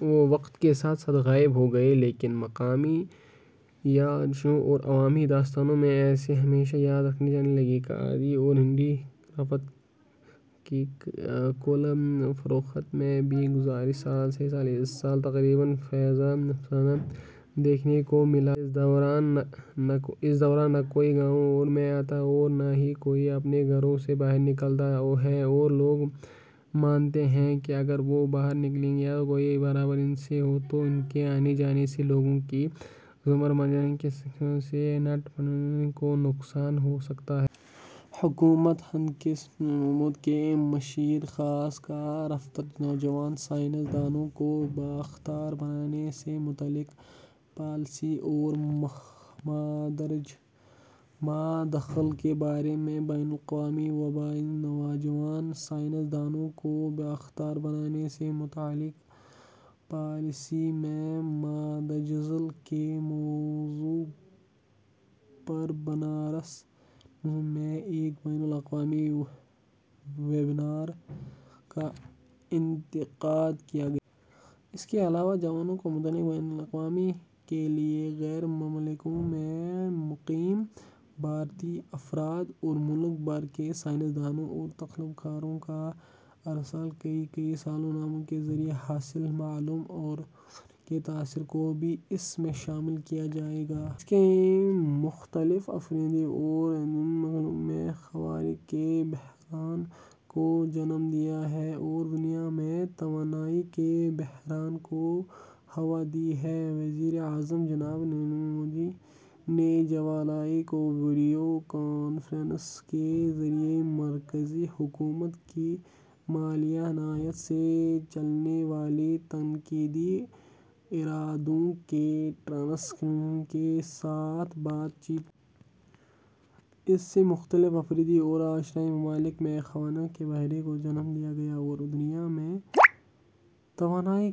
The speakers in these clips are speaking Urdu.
وہ وقت کے ساتھ غائب ہو گئی، لیکن مقامی یادداشتوں اور عوامی داستانوں میں اسے ہمیشہ یاد کیا جاتا رہا۔ کھادی اور ہینڈی کرافٹ کی کل فروخت میں بھی گذشتہ سال سے ، اس سال تقریباً فیصد اضافہ دیکھنے کو ملا ہے۔ اس دوران نہ کوئی گاؤں میں آتا ہے اور نہ ہی کوئی اپنے گھروں سے باہر نکلتا ہے اور لوگ مانتے ہیں کہ اگر وہ باہر نکلے یا کوئی باہر سے آیا تو ان کے آنے جانے سے لوگوں کی روز مرہ کی سرگرمیوں سے نئے پیڑ پودوں کو نقصان ہوسکتا ہے۔ حکومت ہند کے سائنٹفک امور کے مشیر خاص کا دفتر نوجوان سائنس دانوں کو بااختیاربنانے سے متعلق پالیسی میں مادخل کے بارے میں بین الاقوامی ویبنار ''نوجوان سائنس دانو ں کو بااختیاربنانے سے متعلق پالیسی میں مادخل '' کے موضوع پربنارس ہندویونیورسٹی میں ایک بین الاقوامی ویبنار کا انعقاد کیاگیا۔ اس کے علاوہ جنوری کو منعقدہ بین الاقوامی ویبنار کے لئے غیرملکوں میں مقیم بھارتی افراد اور ملک بھر کے سائنس دانوں اورتحقیق کاروں کو ارسال کئے گئے سوال نامے کے ذریعہ حاصل معلومات اوران کے تاثرات کو بھی اس میں شامل کیاجائے گا۔ اس نے مختلف افریقی اور ایشیائی ممالک میں خوراک کے بحران کو جنم دیا ہے اور دنیا میں توانائی کے بحران کو ہوا دی ہے۔ وزیر اعظم جناب نریندر مودی نے جولائی کو ویڈیو کانفرنسنگ کے ذریعے مرکزی حکومت کی مالیاعانت سے چلنے والے تکنیکی اداروں کے ڈائریکٹروں کے ساتھ بات چیت کی۔ ممبران نے اس سال کے شروع میں ہندوستانی صدر ارت کی طرف سے تشکیل کردہ ایم ڈی بیز کو مضبوط بنانے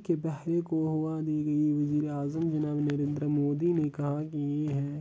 سے متعلق جی- کے آزاد ماہر گروپ کی کوششوں کی تعریف کی۔